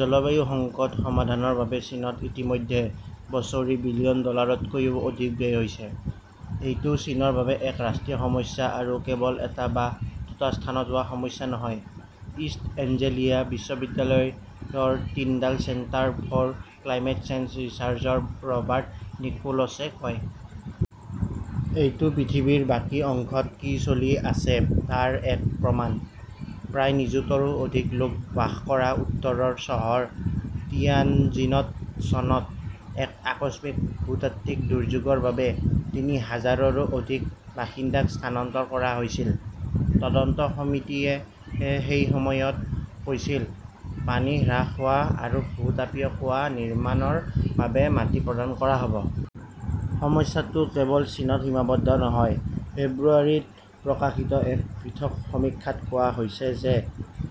জলবায়ু সংকট সমাধানৰ বাবে চীনত ইতিমধ্যে বছৰি বিলিয়ন ডলাৰতকৈও অধিক ব্যয় হৈছে। এইটো চীনৰ বাবে এক ৰাষ্ট্ৰীয় সমস্যা আৰু কেৱল এটা বা দুটা স্থানত হোৱা সমস্যা নহয়, ইষ্ট এঞ্জেলিয়া বিশ্ববিদ্যালয়ৰ Tyndall centre for climate change ৰিচাৰ্চৰ ৰবাৰ্ট নিকোলছে কয়। এইটো পৃথিৱীৰ বাকী অংশত কি চলি আছে তাৰ এক প্ৰমাণ। প্ৰায় নিযুতৰো অধিক লোক বাস কৰা উত্তৰৰ চহৰ তিয়ানজিনত চনত এক আকস্মিক ভূতাত্ত্বিক দুৰ্যোগৰ বাবে তিনি হাজাৰৰো অধিক বাসিন্দাক স্থানান্তৰ কৰা হৈছিল। তদন্ত সমিতিয়ে সেই সময়ত কৈছিল, পানী হ্ৰাস হোৱা আৰু ভূ-তাপীয় কুঁৱা নিৰ্মাণৰ বাবে মাটি প্ৰদান কৰা হ’ব। সমস্যাটো কেৱল চীনত সীমাবদ্ধ নহয়। ফেব্ৰুৱাৰীত প্ৰকাশিত এক পৃথক সমীক্ষাত কোৱা হৈছে যে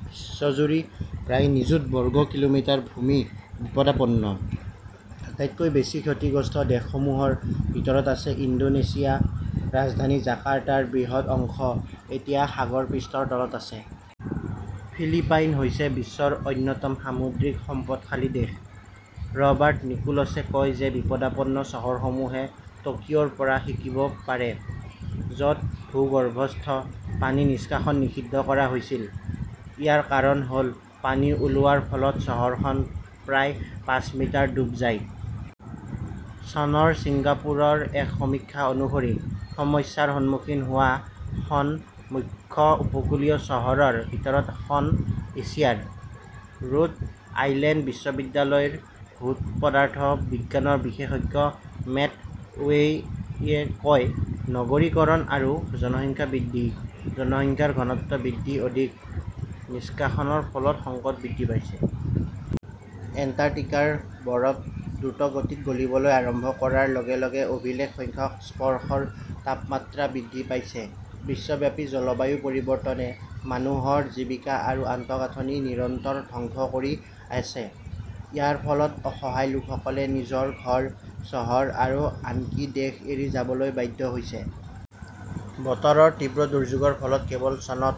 বিশ্বজুৰি প্ৰায় নিযুত বৰ্গ কিলোমিটাৰ ভূমি বিপদাপন্ন। আটাইতকৈ বেছি ক্ষতিগ্ৰস্ত দেশসমূহৰ ভিতৰত আছে ইণ্ডোনেছিয়া, ৰাজধানী জাকাৰ্টাৰ বৃহৎ অংশ এতিয়া সাগৰ পৃষ্ঠৰ তলত আছে। ফিলিপাইন হৈছে বিশ্বৰ অন্যতম সামুদ্ৰিক সম্পদশালী দেশ। ৰবাৰ্ট নিকোলছে কয় যে বিপদাপন্ন চহৰসমূহে টকিঅ ৰ পৰা শিকিব পাৰে। য 'ত ভূগৰ্ভস্থ পানী নিষ্কাশন নিষিদ্ধ কৰা হৈছিল। ইয়াৰ কাৰণ হ’ল পানী ওলোৱাৰ ফলত চহৰখন প্ৰায় পাঁচ মিটাৰ ডুব যায়। চনৰ ছিংগাপুৰৰ এক সমীক্ষা অনুসৰি, সমস্যাৰ সন্মুখীন হোৱা খন মুখ্য উপকূলীয় চহৰৰ ভিতৰত খন এছিয়াৰ। ৰোড আইলেণ্ড বিশ্ববিদ্যালয়ৰ ভূ-পদাৰ্থ বিজ্ঞানৰ বিশেষজ্ঞ মেট ৱেইয়ে কয়, নগৰীকৰণ আৰু জনসংখ্যা বৃদ্ধি, জনসংখ্যাৰ ঘনত্ব বৃদ্ধি, অধিক নিষ্কাশনৰ ফলত সংকট বৃদ্ধি পাইছে।। এণ্টাৰ্কটিকাৰ বৰফ দ্ৰুতগতিত গলিবলৈ আৰম্ভ কৰাৰ লগে লগে অভিলেখ সংখ্যক স্পৰ্শৰ তাপমাত্ৰা বৃদ্ধি পাইছে বিশ্বব্যাপী জলবায়ু পৰিৱৰ্তনে মানুহৰ জীৱিকা আৰু আন্তঃগাঁথনি নিৰন্তৰ ধ্বংস কৰি আছে। ইয়াৰ ফলত অসহায় লোকসকলে নিজৰ ঘৰ, চহৰ আৰু আনকি দেশ এৰি যাবলৈ বাধ্য হৈছে। বতৰৰ তীব্ৰ দুৰ্যোগৰ ফলত কেৱল চনত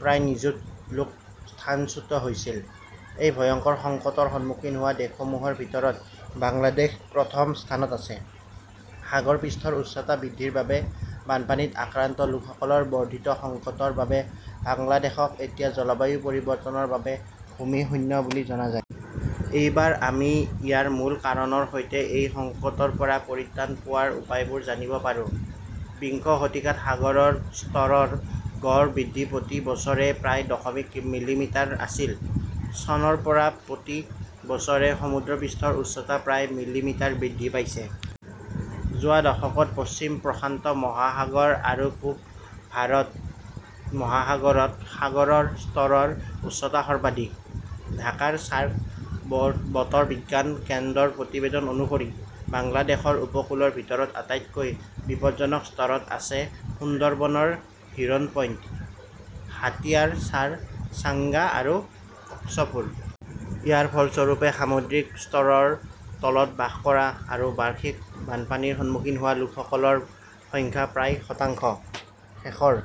প্ৰায় নিযুত লোক স্থানচ্যুত হৈছিল। এই ভয়ংকৰ সংকটৰ সন্মুখীন হোৱা দেশসমূহৰ ভিতৰত বাংলাদেশ প্ৰথম স্থানত আছে। সাগৰ পৃষ্ঠৰ উচ্চতা বৃদ্ধিৰ বাবে বানপানীত আক্ৰান্ত লোকসকলৰ বৰ্ধিত সংকটৰ বাবে বাংলাদেশক এতিয়া জলবায়ু পৰিৱৰ্তনৰ বাবে ভূমি শূন্য বুলি জনা যায়। এইবাৰ আমি ইয়াৰ মূল কাৰণৰ সৈতে এই সংকটৰ পৰা পৰিত্ৰাণ পোৱাৰ উপায়বোৰ জানিব পাৰোঁ। বিংশ শতিকাত সাগৰৰ স্তৰৰ গড় বৃদ্ধি প্ৰতি বছৰে প্ৰায় দশমিক মিলিমিটাৰ আছিল। চনৰ পৰা প্ৰতি বছৰে সমুদ্ৰপৃষ্ঠৰ উচ্চতা প্ৰায় মিলিমিটাৰ বৃদ্ধি পাইছে। যোৱা দশকত পশ্চিম প্ৰশান্ত মহাসাগৰ আৰু পূব ভাৰত মহাসাগৰত সাগৰৰ স্তৰৰ উচ্চতা সৰ্বাধিক। ঢাকাৰ চাৰ্ক বতৰ বিজ্ঞান কেন্দ্ৰৰ প্ৰতিবেদন অনুসৰি, বাংলাদেশৰ উপকূলৰ ভিতৰত আটাইতকৈ বিপদজনক স্তৰত আছে-সুন্দৰবনৰ হিৰণ পইণ্ট, হাতিয়াৰ চাৰ চাঙ্গা আৰু কচপুৰ। ইয়াৰ ফলস্বৰূপে, সামুদ্ৰিক স্তৰৰ তলত বাস কৰা আৰু বাৰ্ষিক বানপানীৰ সন্মুখীন হোৱা লোকসকলৰ সংখ্যা প্ৰায় শতাংশ। শেষৰ